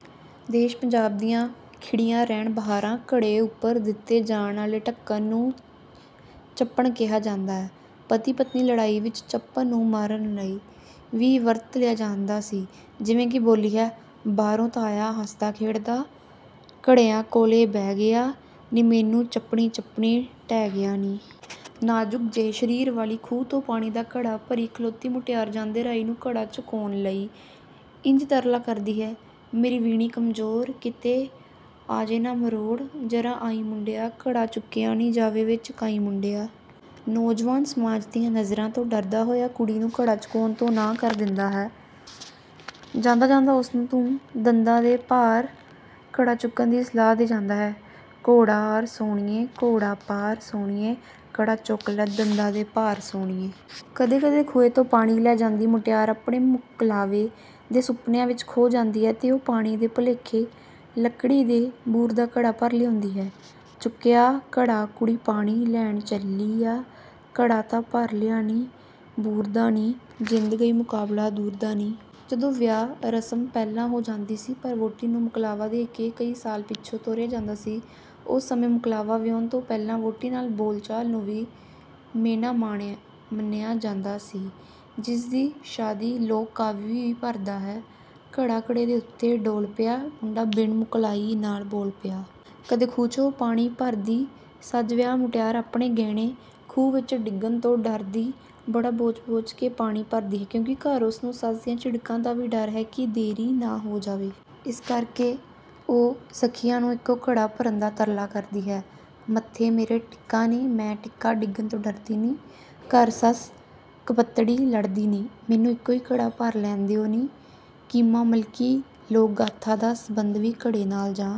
ਦੇਸ਼ ਪੰਜਾਬ ਦੀਆਂ ਖਿੜੀਆਂ ਰਹਿਣ ਬਹਾਰਾਂ। ਘੜੇ ਉੱਪਰ ਦਿੱਤੇ ਜਾਣ ਵਾਲੇ ਢੱਕਣ ਨੂੰ 'ਚੱਪਣ' ਕਿਹਾ ਜਾਂਦਾ ਹੈ। ਪਤੀ-ਪਤਨੀ ਦੀ ਲੜਾਈ ਵਿੱਚ ਚੱਪਣ ਨੂੰ ਮਾਰਨ ਲਈ ਵੀ ਵਰਤ ਲਿਆ ਜਾਂਦਾ ਸੀ, ਜਿਵੇਂ ਕਿ ਬੋਲੀ ਹੈ: ਬਾਹਰੋਂ ਤਾਂ ਆਇਆ ਹੱਸਦਾ ਖੇਡਦਾ, ਘੜਿਆਂ ਕੋਲੇ ਬਹਿ ਗਿਆ ਨੀਂਮੈਨੂੰ ਚੱਪਣੀ ਚੱਪਣੀ ਡਹਿ ਗਿਆ ਨੀਂ। ਨਾਜ਼ੁਕ ਜਿਹੇ ਸਰੀਰ ਵਾਲੀ ਖੂਹ ਤੋਂ ਪਾਣੀ ਦਾ ਘੜਾ ਭਰੀ ਖਲੋਤੀ ਮੁਟਿਆਰ ਜਾਂਦੇ ਰਾਹੀ ਨੂੰ ਘੜਾ ਚੁਕਾਉਣ ਲਈ ਇੰਜ ਤਰਲਾ ਕਰਦੀ ਹੈ: ਮੇਰੀ ਵੀਣੀ ਕਮਜ਼ੋਰ, ਕਿਤੇ ਆ ਜੇ ਨਾ ਮਰੋੜ। ਜ਼ਰਾ ਆਈਂ ਮੁੰਡਿਆ। ਘੜਾ ਚੁੱਕਿਆ ਨੀਂ ਜਾਵੇ, ਵੇ ਚੁਕਾਈਂ ਮੁੰਡਿਆ। ਨੌਜਵਾਨ ਸਮਾਜ ਦੀਆਂ ਨਜ਼ਰਾਂ ਤੋਂ ਡਰਦਾ ਹੋਇਆ ਕੁੜੀ ਨੂੰ ਘੜਾ ਚੁਕਾਉਣ ਤੋਂ ਨਾਂਹ ਕਰ ਦਿੰਦਾ ਹੈ। ਜਾਂਦਾ-ਜਾਂਦਾ ਉਸ ਨੂੰ ਦੰਦਾਂ ਦੇ ਭਾਰ ਘੜਾ ਚੁੱਕਣ ਦੀ ਸਲਾਹ ਦੇ ਜਾਂਦਾ ਹੈ: ਘੋੜਾ ਆਰ ਸੋਹਣੀਏ, ਘੋੜਾ ਪਾਰ ਸੋਹਣੀਏ, ਘੜਾ ਚੁੱਕ ਲੈ, ਦੰਦਾਂ ਦੇ ਭਾਰ ਸੋਹਣੀਏ। ਕਦੇ-ਕਦੇ ਖੂਹੇ ਤੋਂ ਪਾਣੀ ਲੈ ਜਾਂਦੀ ਮੁਟਿਆਰ ਆਪਣੇ ਮੁਕਲਾਵੇ ਦੇ ਸੁਪਨਿਆਂ ਵਿੱਚ ਖੋ ਜਾਂਦੀ ਹੈ ਤੇ ਉਹ ਪਾਣੀ ਦੇ ਭੁਲੇਖੇ ਲੱਕੜੀ ਦੇ ਬੂਰ ਦਾ ਘੜਾ ਭਰ ਲਿਆਉਂਦੀ ਹੈ: ਚੁੱਕਿਆ ਘੜਾ ਕੁੜੀ ਪਾਣੀ ਲੈਣ ਚੱਲੀ ਆ, ਘੜਾ ਤਾਂ ਭਰ ਲਿਆਈ ਬੂਰ ਦਾ ਨੀਂ, ਜਿੰਦ ਗਈ ਮੁਕਲਾਵਾ ਦੂਰ ਦਾ ਨੀਂ। ਜਦੋਂ ਵਿਆਹ ਰਸਮ ਪਹਿਲਾਂ ਹੋ ਜਾਂਦੀ ਸੀ ਪਰ ਵਹੁਟੀ ਨੂੰ ਮੁਕਲਾਵਾ ਦੇ ਕੇ ਕਈ ਸਾਲ ਪਿੱਛੋਂ ਤੋਰਿਆ ਜਾਂਦਾ ਸੀ। ਉਸ ਸਮੇਂ ਮੁਕਲਾਵਾ ਲਿਆਉਣ ਤੋਂ ਪਹਿਲਾਂ ਵਹੁਟੀ ਨਾਲ ਬੋਲ-ਚਾਲ ਨੂੰ ਵੀ ਮਿਹਣਾ ਮੰਨਿਆ ਜਾਂਦਾ ਸੀ, ਜਿਸ ਦੀ ਸ਼ਾਅਦੀ ਲੋਕ-ਕਾਵਿ ਵੀ ਭਰਦਾ ਹੈ: ਘੜਾ ਘੜੇ ਦੇ ਉੱਤੇ ਡੋਲ ਪਿਆ, ਮੁੰਡਾ ਬਿਨ ਮੁਕਲਾਈ ਨਾਲ ਬੋਲ ਪਿਆ। ਕਦੇ ਖੂਹ ਤੋਂ ਪਾਣੀ ਭਰਦੀ ਸੱਜ ਵਿਆਹ ਮੁਟਿਆਰ ਆਪਣੇ ਗਹਿਣੇ ਖੂਹ ਵਿੱਚ ਡਿੱਗਣ ਤੋਂ ਡਰਦੀ ਬੜਾ ਬੋਚ-ਬੋਚ ਕੇ ਪਾਣੀ ਭਰਦੀ ਹੈ ਕਿਉਂਕਿ ਘਰ ਉਸ ਨੂੰ ਸੱਸ ਦੀਆਂ ਝਿੜਕਾਂ ਦਾ ਵੀ ਡਰ ਹੈ ਕਿ ਦੇਰੀ ਨਾ ਹੋ ਜਾਵੇ। ਇਸ ਕਰ ਕੇ ਉਹ ਸਖ਼ੀਆਂ ਨੂੰ ਇੱਕੋ ਘੜਾ ਭਰਨ ਦਾ ਤਰਲਾ ਕਰਦੀ ਹੈ:ਮੱਥੇ ਮੇਰੇ ਟਿੱਕਾ ਨੀਂ, ਮੈਂ ਟਿੱਕਾ ਡਿੱਗਣ ਤੋਂ ਡਰਦੀ ਨੀਂ, ਘਰ ਸੱਸ ਕੁਪੱਤੜੀ ਲੜਦੀ ਨੀਂ। ਮੈਨੂੰ ਇੱਕੋ ਹੀ ਘੜਾ ਭਰ ਲੈਣ ਦਿਓ ਨੀਂ। ਕੀਮਾ-ਮਲਕੀ ਲੋਕ-ਗਾਥਾ ਦਾ ਸਬੰਧ ਵੀ ਘੜੇ ਨਾਲ ਜਾ